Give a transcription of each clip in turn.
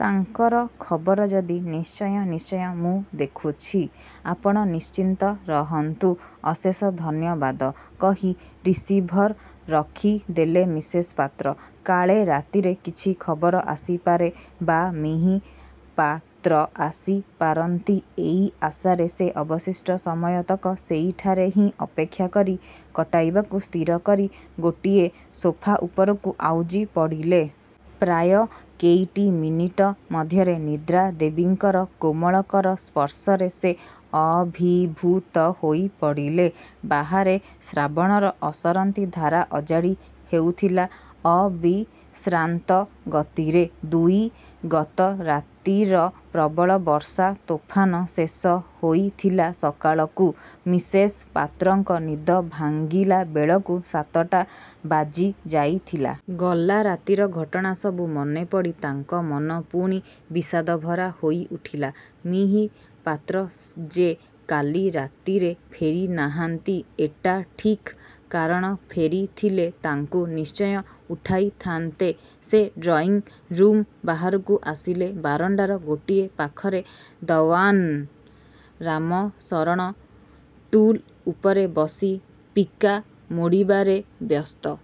ତାଙ୍କର ଖବର ଯଦି '''' ନିଶ୍ଚୟ, ନିଶ୍ଚୟ! ମୁଁ ଦେଖୁଛି; ଆପଣ ନିଶ୍ଚିନ୍ତ ରହନ୍ତୁ। '' ''ଅଶେଷ ଧନ୍ୟବାଦ '' କହି ରିସିଭର୍ ରଖି ଦେଲେ ମିସେସ୍ ପାତ୍ର। କାଳେ ରାତିରେ କିଛି ଖବର ଆସିପାରେ ବା ମି: ପାତ୍ର ଆସି ପାରନ୍ତି, ଏଇ ଆଶାରେ ସେ ଅବଶିଷ୍ଟ ସମୟତକ ସେଇଠାରେ ହିଁ ଅପେକ୍ଷା କରି କଟାଇବାକୁ ସ୍ଥିର କରି ଗୋଟିଏ ସୋଫା ଉପରକୁ ଆଉଜି ପଡ଼ିଲେ। ପ୍ରାୟ କେଇଟି ମିନିଟ ମଧ୍ୟରେ ନିଦ୍ରା ଦେବୀଙ୍କର କୋମଳ କର ସ୍ପର୍ଶରେ ସେ ଅଭିଭୂତ ହୋଇ ପଡ଼ିଲେ। ବାହାରେ ଶ୍ରାବଣର ଅସରନ୍ତି ଧାରା ଅଜାଡ଼ି ହେଉଥିଲା ଅବିଶ୍ରାନ୍ତ ଗତିରେ। -ଦୁଇ- ଗତ ରାତିର ପ୍ରବଳ ବର୍ଷା ତୋଫାନ ଶେଷ ହୋଇଥିଲା ସକାଳକୁ। ମିସେସ୍ ପାତ୍ରଙ୍କ ନିଦ ଭାଙ୍ଗିଲା ବେଳକୁ ସାତଟା ବାଜି ଯାଇଥିଲା। ଗଲା ରାତିର ଘଟଣା ସବୁ ମନେପଡ଼ି ତାଙ୍କ ମନ ପୁଣି ବିଷାଦଭରା ହୋଇଉଠିଲା। ମି: ପାତ୍ର ଯେ କାଲି ରାତିରେ ଫେରି ନାହାନ୍ତି-ଏଟା, ଠିକ୍, କାରଣ ଫେରି ଥିଲେ ତାଙ୍କୁ ନିଶ୍ଚୟ ଉଠାଇଥାନ୍ତେ। ସେ ଡ୍ରଇଂ ରୁମ୍ ବାହାରକୁ ଆସିଲେ। ବାରଣ୍ଡାର ଗୋଟିଏ ପାଖରେ ଦର୍ଓ୍ୱାନ୍ ରାମଶରଣ ଟୁଲ୍ ଉପରେ ବସି ପିକା ମୋଡ଼ିବାରେ ବ୍ୟସ୍ତ।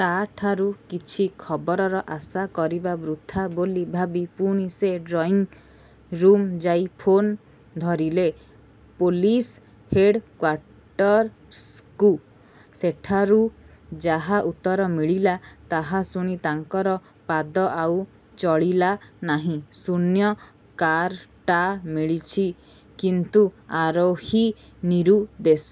ତା' ଠାରୁ କିଛି ଖବରର ଆଶା କରିବା ବୃଥା ବୋଲି ଭାବି ପୁଣି ସେ ଡ୍ରଇଂରୁମ୍ ଯାଇ ଫୋନ୍ ଧରିଲେ, ପୋଲିସ୍ ହେଡ଼୍କ୍ୱାଟର୍ସକୁ। ସେଠାରୁ ଯାହା ଉତ୍ତର ମିଳିଲା ତାହା ଶୁଣି ତାଙ୍କର ପାଦ ଆଉ ଚଳିଲା ନାହିଁ। ''ଶୂନ୍ୟ କାର୍ଟା ମିଳିଛି, କିନ୍ତୁ ଆରୋହୀ ନିରୁଦ୍ଦେଶ!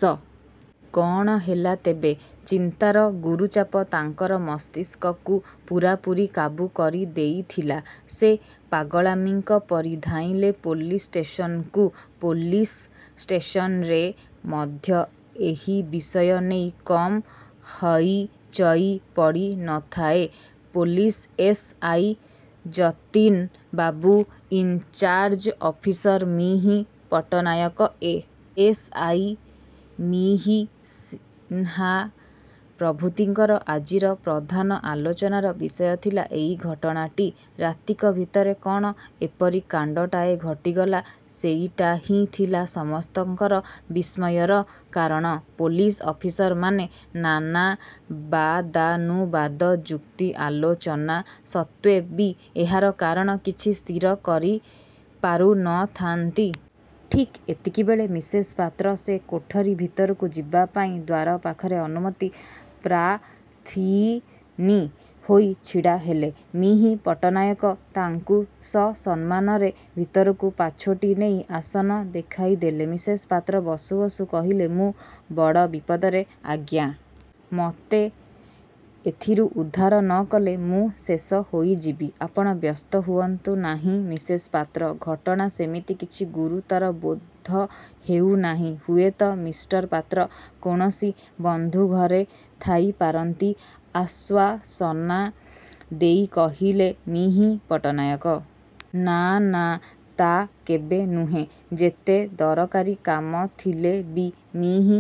କ'ଣ ହେଲା ତେବେ? '' ଚିନ୍ତାର ଗୁରୁଚାପ ତାଙ୍କର ମସ୍ତିଷ୍କକୁ ପୂରାପୂରି କାବୁ କରି ଦେଇଥିଲା। ସେ ପାଗଳାମୀଙ୍କ ପରି ଧାଇଁଲେ ପୋଲିସ୍ ଷ୍ଟେସନକୁ-। ପୋଲିସ୍ ଷ୍ଟେସନରେ ମଧ୍ୟ ଏହି ବିଷୟ ନେଇ କମ ହୈଚୈ ପଡ଼ି ନ ଥାଏ। Police S. ଆଇ. ଯତୀନ ବାବୁ, in charge officer Mr: Pattanaik, A. S. I. Mr: Sinha ପ୍ରଭୃତିଙ୍କର ଆଜିର ପ୍ରଧାନ ଆଲୋଚନାର ବିଷୟ ଥିଲା ଏଇ ଘଟଣାଟି। ରାତିକ ଭିତରେ କ'ଣ ଏପରି କାଣ୍ଡଟାଏ ଘଟିଗଲା-ସେଇଟାହିଁ ଥିଲା ସମସ୍ତଙ୍କର ବିସ୍ମୟର କାରଣ। ପୋଲିସ୍ ଅଫିସରମାନେ ନାନା ବାଦାନୁବାଦ, ଯୁକ୍ତି, ଆଲୋଚନା ସତ୍ତ୍ୱେ ବି ଏହାର କାରଣ କିଛି ସ୍ଥିର କରିପାରୁ ନଥାନ୍ତି। ଠିକ୍ ଏତିକିବେଳେ ମିସେସ୍ ପାତ୍ର ସେ କୋଠାରୀ ଭିତରକୁ ଯିବା ପାଇଁ ଦ୍ୱାର ପାଖରେ ଅନୁମତି ପ୍ରାର୍ଥିନୀ ହୋଇ ଛିଡ଼ା ହେଲେ। ମି: ପଟ୍ଟନାୟକ ତାଙ୍କୁ ସସମ୍ମାନରେ ଭିତରକୁ ପାଛୋଟି ନେଇ ଆସନ ଦେଖାଇ ଦେଲେ। ମିସେସ୍ ପାତ୍ର ବସୁ ବସୁ କହିଲେ-''ମୁଁ ବଡ଼ ବିପଦରେ ଆଜ୍ଞା-! ମୋତେ ଏଥିରୁ ଉଦ୍ଧାର ନ କଲେ ମୁଁ ଶେଷ ହୋଇଯିବି। '' ''ଆପଣ ବ୍ୟସ୍ତ ହୁଅନ୍ତୁ ନାହିଁ ମିସେସ୍ ପାତ୍ର! ଘଟଣା ସେମିତି କିଛି ଗୁରୁତର ବୋଧ ହେଉନାହିଁ। ହୁଏତ ମିଷ୍ଟର ପାତ୍ର କୌଣସି ବନ୍ଧୁ ଘରେ ଥାଇ ପାରନ୍ତି। '' ଆଶ୍ୱାସନା ଦେଇ କହିଲେ ମି: ପଟ୍ଟନାୟକ। ''ନା, ନା, ତା କେବେ ନୁହେଁ। ଯେତେ ଦରକାରୀ କାମ ଥିଲେ ବି ମି: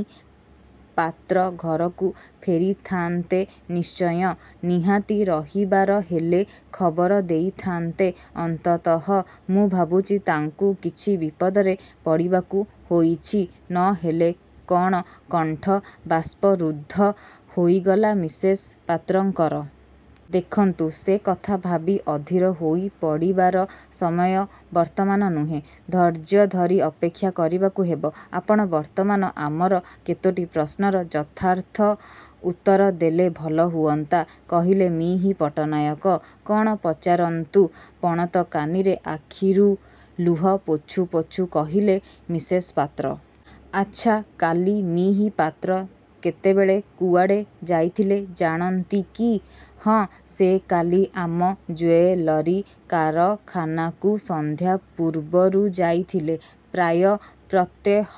ପାତ୍ର ଘରକୁ ଫେରିଥାନ୍ତେ ନିଶ୍ଚୟ। ନିହାତି ରହିବାର ହେଲେ ଖବର ଦେଇଥାନ୍ତେ ଅନ୍ତତଃ। ମୁଁ ଭାବୁଛି ତାଙ୍କୁ କିଛି ବିପଦରେ ପଡ଼ିବାକୁ ହୋଇଛି। ନହେଲେ କ'ଣ '' କଣ୍ଠ ବାସ୍ପରୁଦ୍ଧ ହୋଇଗଲା ମିସେସ୍ ପାତ୍ରଙ୍କର। ''ଦେଖନ୍ତୁ! ସେ କଥା ଭାବି ଅଧୀର ହୋଇ ପଡ଼ିବାର ସମୟ ବର୍ତ୍ତମାନ ନୁହେଁ। ଧୈର୍ଯଧରି ଅପେକ୍ଷା କରିବାକୁ ହେବ। ଆପଣ ବର୍ତ୍ତମାନ ଆମର କେତୋଟି ପ୍ରଶ୍ନର ଯଥାର୍ଥ ଉତ୍ତର ଦେଲେ ଭଲ ହୁଅନ୍ତା। '' କହିଲେ ମି: ପଟ୍ଟନାୟକ। ''କ'ଣ ପଚାରନ୍ତୁ! '' ପଣତ କାନିରେ ଆଖିରୁ ଲୁହ ପୋଛୁ ପୋଛୁ କହିଲେ ମିସେସ୍ ପାତ୍ର। ''ଆଚ୍ଛା, କାଲି ମି: ପାତ୍ର କେତେବେଳେ କୁଆଡ଼େ ଯାଇଥିଲେ ଜାଣନ୍ତି କି? '' ''ହଁ, ସେ କାଲି ଆମ ଜୁଏଲାରୀ କାରଖାନାକୁ ସନ୍ଧ୍ୟା ପୂର୍ବରୁ ଯାଇଥିଲେ। ପ୍ରାୟ ପ୍ରତ୍ୟହ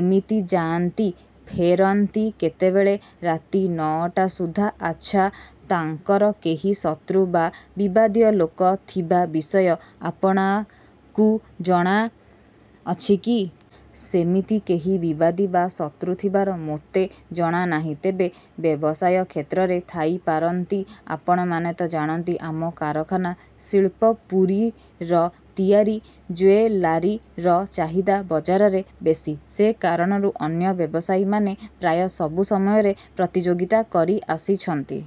ଏମିତି ଯାଆନ୍ତି। '' ''ଫେରନ୍ତି କେତେବେଳେ? '' ''ରାତି ନଅଟା ସୁଦ୍ଧା। '' ''ଆଚ୍ଛା, ତାଙ୍କର କେହି ଶତ୍ରୁ ବା ବିବାଦୀୟ ଲୋକ ଥିବା ବିଷୟ ଆପଣାକୁ ଜଣା ଅଛିକି-? '' ''ସେମିତି କେହି ବିବାଦୀ ବା ଶତ୍ରୁ ଥିବାର ମୋତେ ଜଣାନାହିଁ, ତେବେ ବ୍ୟବସାୟ କ୍ଷେତ୍ରରେ ଥାଇପାରନ୍ତି। ଆପଣମାନେ ତ ଜାଣନ୍ତି-ଆମ କାରଖାନା 'ଶିଳ୍ପପୁରୀ'ର ତିଆରି ଜୁଏଲାରୀର ଚାହିଦା ବଜାରରେ ବେଶୀ। ସେ କାରଣରୁ ଅନ୍ୟ ବ୍ୟବସାୟୀମାନେ ପ୍ରାୟ ସବୁ ସମୟରେ ପ୍ରତିଯୋଗିତା କରି ଆସିଛନ୍ତି।